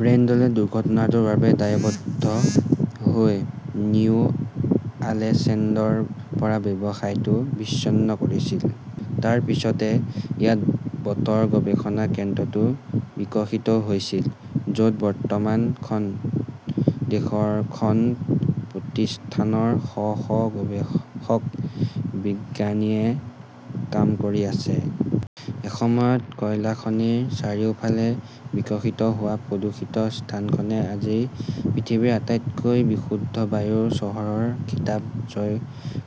ব্ৰেণ্ডলে দুৰ্ঘটনাটোৰ বাবে দায়বদ্ধ হৈ নিউ আলেচেণ্ডৰ পৰা ব্যৱসায়টো বিচ্ছিন্ন কৰিছিল। তাৰ পিছতে ইয়াত বতৰ গৱেষণা কেন্দ্ৰটো বিকশিত হৈছিল। য 'ত বৰ্তমান খন দেশৰ খন প্ৰতিষ্ঠানৰ শ শ গৱেষক, বিজ্ঞানীয়ে কাম কৰি আছে। এসময়ত কয়লা খনিৰ চাৰিওফালে বিকশিত হোৱা প্ৰদূষিত স্থানখনে আজি পৃথিৱীৰ আটাইতকৈ বিশুদ্ধ বায়ুৰ চহৰৰ খিতাপ জয়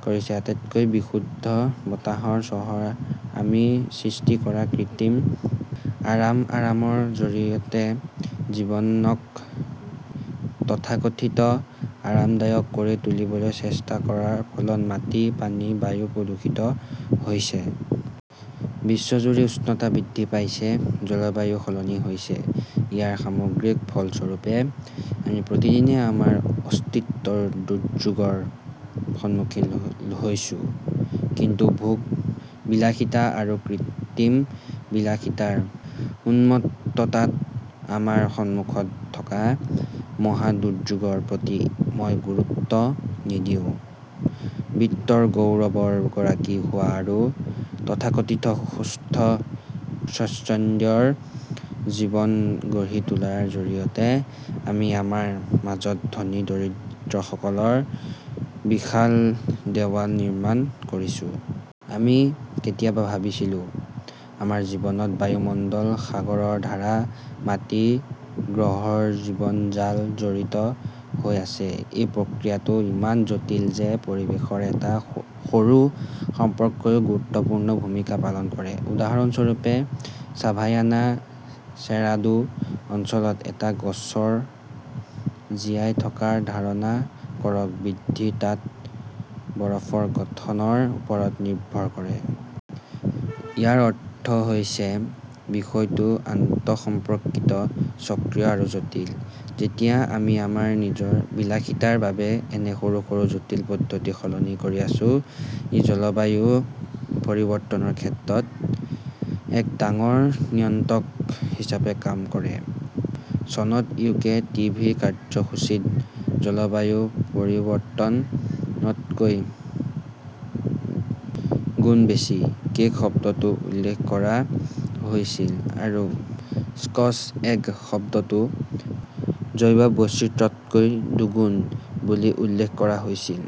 কৰিছে। আটাইতকৈ বিশুদ্ধ বতাহৰ চহৰ আমি সৃষ্টি কৰা কৃত্ৰিম আৰাম-আৰামৰ জৰিয়তে জীৱনক তথাকথিত আৰামদায়ক কৰি তুলিবলৈ চেষ্টা কৰাৰ ফলত মাটি, পানী, বায়ু প্ৰদূষিত হৈছে। বিশ্বজুৰি উষ্ণতা বৃদ্ধি পাইছে; জলবায়ু সলনি হৈছে। ইয়াৰ সামগ্ৰিক ফলস্বৰূপে আমি প্ৰতিদিনে আমাৰ অস্তিত্বৰ দুৰ্যোগৰ সন্মুখীন হৈছো। কিন্তু ভোগ-বিলাসিতা আৰু কৃত্ৰিম বিলাসিতাৰ উন্মত্ততাত আমাৰ সন্মুখত থকা মহা-দুৰ্যোগৰ প্ৰতি মই গুৰুত্ব নিদিওঁ। বিত্তৰ গৌৰৱৰ গৰাকী হোৱা আৰু তথাকথিত সুখ-স্বাচ্ছন্দ্যৰ জীৱন গঢ়ি তোলাৰ জৰিয়তে আমি আমাৰ মাজত ধনী-দৰিদ্ৰসকলৰ বিশাল দেৱাল নিৰ্মাণ কৰিছো। আমি কেতিয়াবা ভাবিছিলো-আমাৰ জীৱনত বায়ুমণ্ডল, সাগৰৰ ধাৰা, মাটি, গ্ৰহৰ জীৱন-জাল জড়িত হৈ আছে। এই প্ৰক্ৰিয়াটো ইমান জটিল যে পৰিৱেশৰ এটা সৰু সম্পৰ্কও গুৰুত্বপূৰ্ণ ভূমিকা পালন কৰে। উদাহৰণস্বৰূপে, ছাভানাৰ ছেৰাডো অঞ্চলত এটা গছৰ জীয়াই থকাৰ ধাৰণা কৰক, বৃদ্ধি তাত বৰফৰ গঠনৰ ওপৰত নিৰ্ভৰ কৰে। ইয়াৰ অৰ্থ হৈছে, বিষয়টো আন্তঃসম্পৰ্কিত, চক্ৰীয় আৰু জটিল। যেতিয়া আমি আমাৰ নিজৰ বিলাসিতাৰ বাবে এনে সৰু সৰু জটিল পদ্ধতি সলনি কৰি আছো, ই জলবায়ু পৰিৱৰ্তনৰ ক্ষেত্ৰত এক ডাঙৰ নিয়ন্ত্ৰক হিচাপে কাম কৰে। চনত ইউকে টিভি কাৰ্যসূচীত 'জলবায়ু পৰিৱৰ্তন তকৈ গুণ বেছি' কেক শব্দটো উল্লেখ কৰা হৈছিল আৰু 'স্কচ এগ শব্দটো' জৈৱ বৈচিত্ৰ্য তকৈ দুগুণ বুলি উল্লেখ কৰা হৈছিল,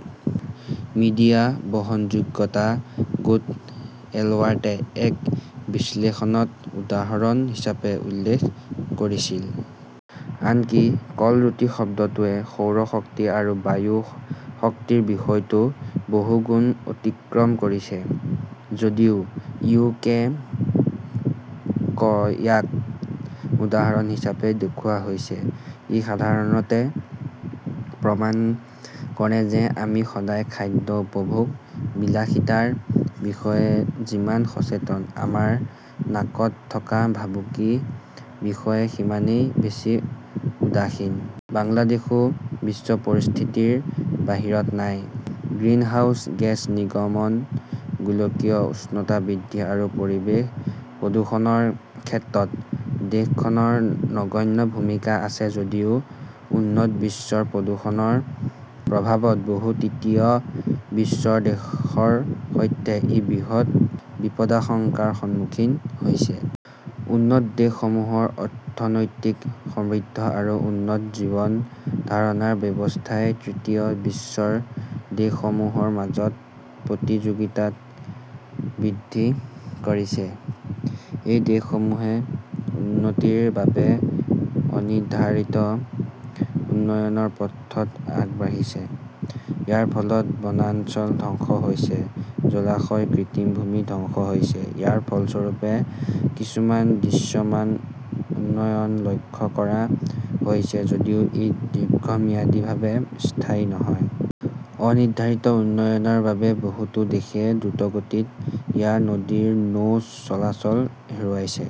মিডিয়া বহনযোগ্যতা গোট এলবাৰ্টে এক বিশ্লেষণত উদাহৰণ হিচাপে উল্লেখ কৰিছিল। আনকি 'কল-ৰুটি শব্দটোৱে' সৌৰ শক্তি আৰু 'বায়ু শক্তিৰ বিষয়টো বহুগুণ অতিক্ৰম কৰিছে। যদিও ইউ. কে. -ক ইয়াত উদাহৰণ হিচাপে দেখুওৱা হৈছে, ই সাধাৰণতে প্ৰমাণ কৰে যে আমি সদায় খাদ্য, উপভোগ-বিলাসিতাৰ বিষয়ে যিমান সচেতন, আমাৰ নাকত থকা ভাবুকিৰ বিষয়ে সিমানেই বেছি উদাসীন। বাংলাদেশো বিশ্ব পৰিস্থিতিৰ বাহিৰত নাই। গ্ৰীণহাউছ গেছ নিৰ্গমন, গোলকীয় উষ্ণতা বৃদ্ধি আৰু পৰিৱেশ প্ৰদূষণৰ ক্ষেত্ৰত দেশখনৰ নগণ্য ভূমিকা আছে যদিও উন্নত বিশ্বৰ প্ৰদূষণৰ প্ৰভাৱত বহু তৃতীয় বিশ্বৰ দেশৰ সৈতে ই বৃহৎ বিপদাশংকাৰ সন্মুখীন হৈছে। উন্নত দেশসমূহৰ অৰ্থনৈতিক সমৃদ্ধি আৰু উন্নত জীৱন-ধাৰণৰ ব্যৱস্থাই তৃতীয় বিশ্বৰ দেশসমূহৰ মাজত প্ৰতিযোগিতা বৃদ্ধি কৰিছে। এই দেশসমূহে উন্নতিৰ বাবে অনিৰ্ধাৰিত উন্নয়নৰ পথত আগবাঢ়িছে। ইয়াৰ ফলত বনাঞ্চল ধ্বংস হৈছে; জলাশয়, কৃষিভূমি ধ্বংস হৈছে। ইয়াৰ ফলস্বৰূপে কিছুমান দৃশ্যমান উন্নয়ন লক্ষ্য কৰা হৈছে যদিও ই দীৰ্ঘম্যাদীভাৱে স্থায়ী নহয়। অনিৰ্ধাৰিত উন্নয়নৰ বাবে বহুতো দেশে দ্ৰুতগতিত ইয়াৰ নদীৰ নৌ চলাচল হেৰুৱাইছে।